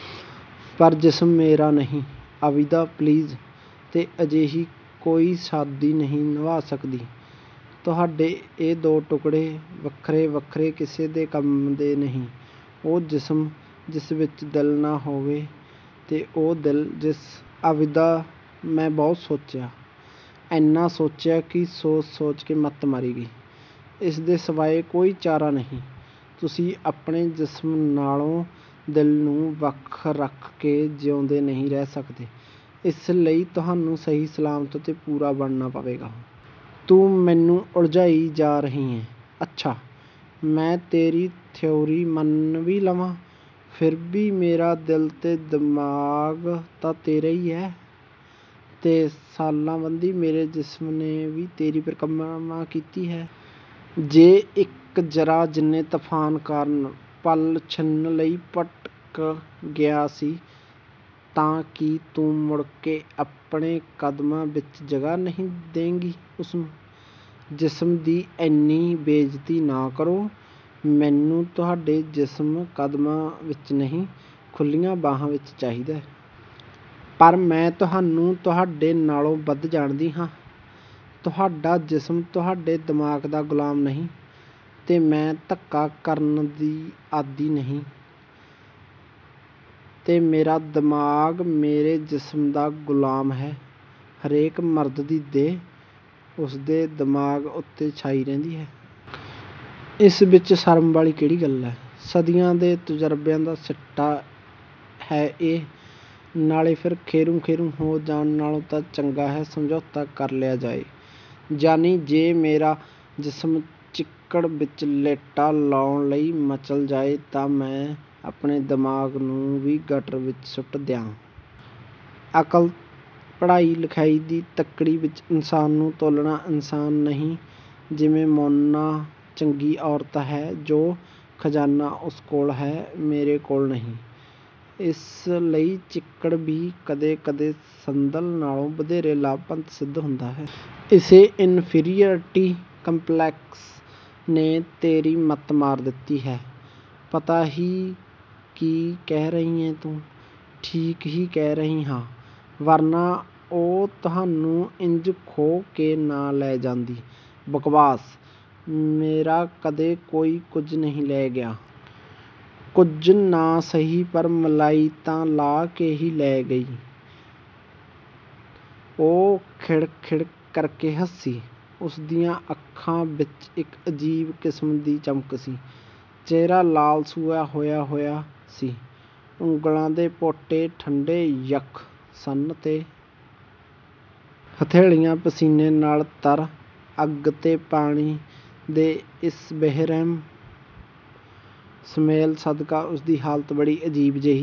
"ਪਰ ਜਿਸਮ ਮੇਰਾ ਨਹੀਂ।" "ਆਬਿਦਾ! ਪਲੀਜ਼!" "ਤੇ ਅਜਿਹੀ ਕੋਈ ਸ਼ਾਦੀ ਨਹੀਂ ਨਿਭ ਸਕਦੀ। ਤੁਹਾਡੇ ਇਹ ਦੋ ਟੁੱਕੜੇ, ਵੱਖਰੇ-ਵੱਖਰੇ ਕਿਸੇ ਦੇ ਕੰਮ ਦੇ ਨਹੀਂ, ਉਹ ਜਿਸਮ, ਜਿਸ ਵਿੱਚ ਦਿਲ ਨਾ ਹੋਵੇ ਤੇ ਉਹ ਦਿਲ, ਜਿਸ।" "ਆਬਿਦਾ!" "ਮੈਂ ਬਹੁਤ ਸੋਚਿਆ, ਇੰਨਾ ਸੋਚਿਆ ਕਿ ਸੋਚ-ਸੋਚ ਕੇ ਮੱਤ ਮਾਰੀ ਗਈ। ਇਸ ਦੇ ਸਿਵਾਏ ਕੋਈ ਚਾਰਾ ਨਹੀਂ। ਤੁਸੀਂ ਆਪਣੇ ਜਿਸਮ ਨਾਲੋਂ ਦਿਲ ਨੂੰ ਵੱਖ ਰੱਖ ਕੇ ਜਿਊਂਦੇ ਨਹੀਂ ਰਹਿ ਸਕਦੇ। ਇਸ ਲਈ ਤੁਹਾਨੂੰ ਸਹੀ-ਸਲਾਮਤ ਤੇ ਪੂਰਾ ਬਣਨਾ ਪਏਗਾ।" "ਤੂੰ ਮੈਨੂੰ ਉਲਝਾਈ ਜਾ ਰਹੀ ਹੈਂ। ਅੱਛਾ, ਮੈਂ ਤੇਰੀ ਥਿਊਰੀ ਮੰਨ ਵੀ ਲਵਾਂ, ਫਿਰ ਵੀ ਮੇਰਾ ਦਿਲ ਤੇ ਦਿਮਾਗ਼ ਤਾਂ ਤੇਰਾ ਹੀ ਹੈ, ਤੇ ਸਾਲਾਂਬੱਧੀ ਮੇਰੇ ਜਿਸਮ ਨੇ ਵੀ ਤੇਰੀ ਪਰਕਰਮਾ ਕੀਤੀ ਹੈ। ਜੇ ਇੱਕ ਜ਼ਰਾ ਜਿੰਨੇ ਤੂਫ਼ਾਨ ਕਾਰਨ ਪਲ-ਛਿਨ ਲਈ ਭਟਕ ਗਿਆ ਸੀ, ਤਾਂ ਕੀ ਤੂੰ ਮੁੜ ਆਪਣੇ ਕਦਮਾਂ ਵਿੱਚ ਜਗ੍ਹਾ ਨਹੀਂ ਦੇਂਗੀ, ਉਸਨੂੰ?" "ਜਿਸਮ ਦੀ ਇੰਨੀ ਬੇਇੱਜਤੀ ਨਾ ਕਰੋ। ਮੈਨੂੰ ਤੁਹਾਡਾ ਜਿਸਮ ਕਦਮਾਂ ਵਿੱਚ ਨਹੀਂ, ਖੁੱਲ੍ਹੀਆਂ ਬਾਹਾਂ ਵਿੱਚ ਚਾਹੀਦਾ ਹੈ। ਪਰ ਮੈਂ ਤੁਹਾਨੂੰ, ਤੁਹਾਡੇ ਨਾਲੋਂ ਵੱਧ ਜਾਣਦੀ ਹਾਂ। ਤੁਹਾਡਾ ਜਿਸਮ, ਤੁਹਾਡੇ ਦਿਮਾਗ਼ ਦਾ ਗ਼ੁਲਾਮ ਨਹੀਂ, ਤੇ ਮੈਂ ਧੱਕਾ ਕਰਨ ਦੀ ਆਦੀ ਨਹੀਂ।" "ਤੇ ਮੇਰਾ ਦਿਮਾਗ਼ ਮੇਰੇ ਜਿਸਮ ਦਾ ਗ਼ੁਲਾਮ ਹੈ।" "ਹਰੇਕ ਮਰਦ ਦੀ ਦੇਹ, ਉਸਦੇ ਦਿਮਾਗ਼ ਉੱਤੇ ਛਾਈ ਰਹਿੰਦੀ ਹੈ। ਇਸ ਵਿੱਚ ਸ਼ਰਮ ਵਾਲੀ ਕਿਹੜੀ ਗੱਲ ਹੈ? ਸਦੀਆਂ ਦੇ ਤਜ਼ੁਰਬਿਆਂ ਦਾ ਸਿੱਟਾ ਹੈ ਇਹ, ਨਾਲੇ ਫਿਰ ਖੇਰੂ-ਖੇਰੂ ਹੋ ਜਾਣ ਨਾਲੋਂ ਚੰਗਾ ਹੈ, ਸਮਝੌਤਾ ਕਰ ਲਿਆ ਜਾਏ।" "ਯਾਨੀ ਜੇ ਮੇਰਾ ਜਿਸਮ ਚਿੱਕੜ ਵਿੱਚ ਲੇਟਾ ਲਾਉਣ ਲਈ ਮਚਲ ਜਾਏ ਤਾਂ ਮੈਂ ਆਪਣੇ ਦਿਮਾਗ਼ ਨੂੰ ਵੀ ਗਟਰ ਵਿੱਚ ਸੁੱਟ ਦਿਆਂ।" "ਅਕਲ ਤੇ ਪੜ੍ਹਾਈ-ਲਿਖਾਈ ਦੀ ਤੱਕੜੀ ਵਿੱਚ ਇਨਸਾਨ ਨੂੰ ਤੋਲਨਾ ਇਨਸਾਫ਼ ਨਹੀਂ ਜਿਵੇਂ ਮੋਨਾ ਚੰਗੀ ਔਰਤ ਹੈ ਜੋ ਖਜ਼ਾਨਾ ਉਸ ਕੋਲ ਹੈ, ਮੇਰੇ ਕੋਲ ਨਹੀਂ। ਇਸ ਲਈ ਚਿੱਕੜ ਵੀ ਕਦੇ-ਕਦੇ ਸੰਦਲ ਨਾਲੋਂ ਵਧੇਰੇ ਲਾਭਵੰਤ ਸਿੱਧ ਹੁੰਦਾ ਹੈ।" "ਇਸੇ ਇਨਫੀਰੀਅਰਿਟੀ ਕੰਪਲੈਕਸ ਨੇ ਤੇਰੀ ਮੱਤ ਮਾਰ ਦਿੱਤੀ ਹੈ, ਪਤਾ ਹੀ ਕੀ ਕਹਿ ਰਹੀ ਹੈਂ ਤੂੰ?" "ਠੀਕ ਹੀ ਕਹਿ ਰਹੀ ਹਾਂ, ਵਰਨਾ ਉਹ ਤੁਹਾਨੂੰ ਇੰਜ ਖੋਹ ਕੇ ਨਾ ਲੈ ਜਾਂਦੀ।" "ਬਕਵਾਸ! ਮੇਰਾ ਕਦੇ ਕੋਈ ਕੁਝ ਨਹੀਂ ਲੈ ਗਿਆ।" "ਕੁਝ ਨਾ ਸਹੀ, ਪਰ ਮਲਾਈ ਤਾਂ ਲਾਹ ਕੇ ਲੈ ਹੀ ਗਈ।" ਉਹ ਖਿੜ-ਖਿੜ ਕਰਕੇ ਹੱਸੀ। ਉਸਦੀਆਂ ਅੱਖਾਂ ਵਿੱਚ ਇੱਕ ਅਜੀਬ ਕਿਸਮ ਦੀ ਚਮਕ ਸੀ। ਚਿਹਰਾ ਲਾਲ-ਸੂਹਾ ਹੋਇਆ-ਹੋਇਆ ਸੀ। ਉਂਗਲਾਂ ਦੇ ਪੋਟੇ ਠੰਡੇ-ਯੱਖ ਸਨ ਤੇ ਹਥੇਲੀਆਂ ਪਸੀਨੇ ਨਾਲ ਤਰ ਅੱਗ ਤੇ ਪਾਣੀ ਦੇ ਇਸ ਬੇਰਹਿਮ ਸੁਮੇਲ ਸਦਕਾ ਉਸਦੀ ਹਾਲਤ ਬੜੀ ਅਜੀਬ ਜਿਹੀ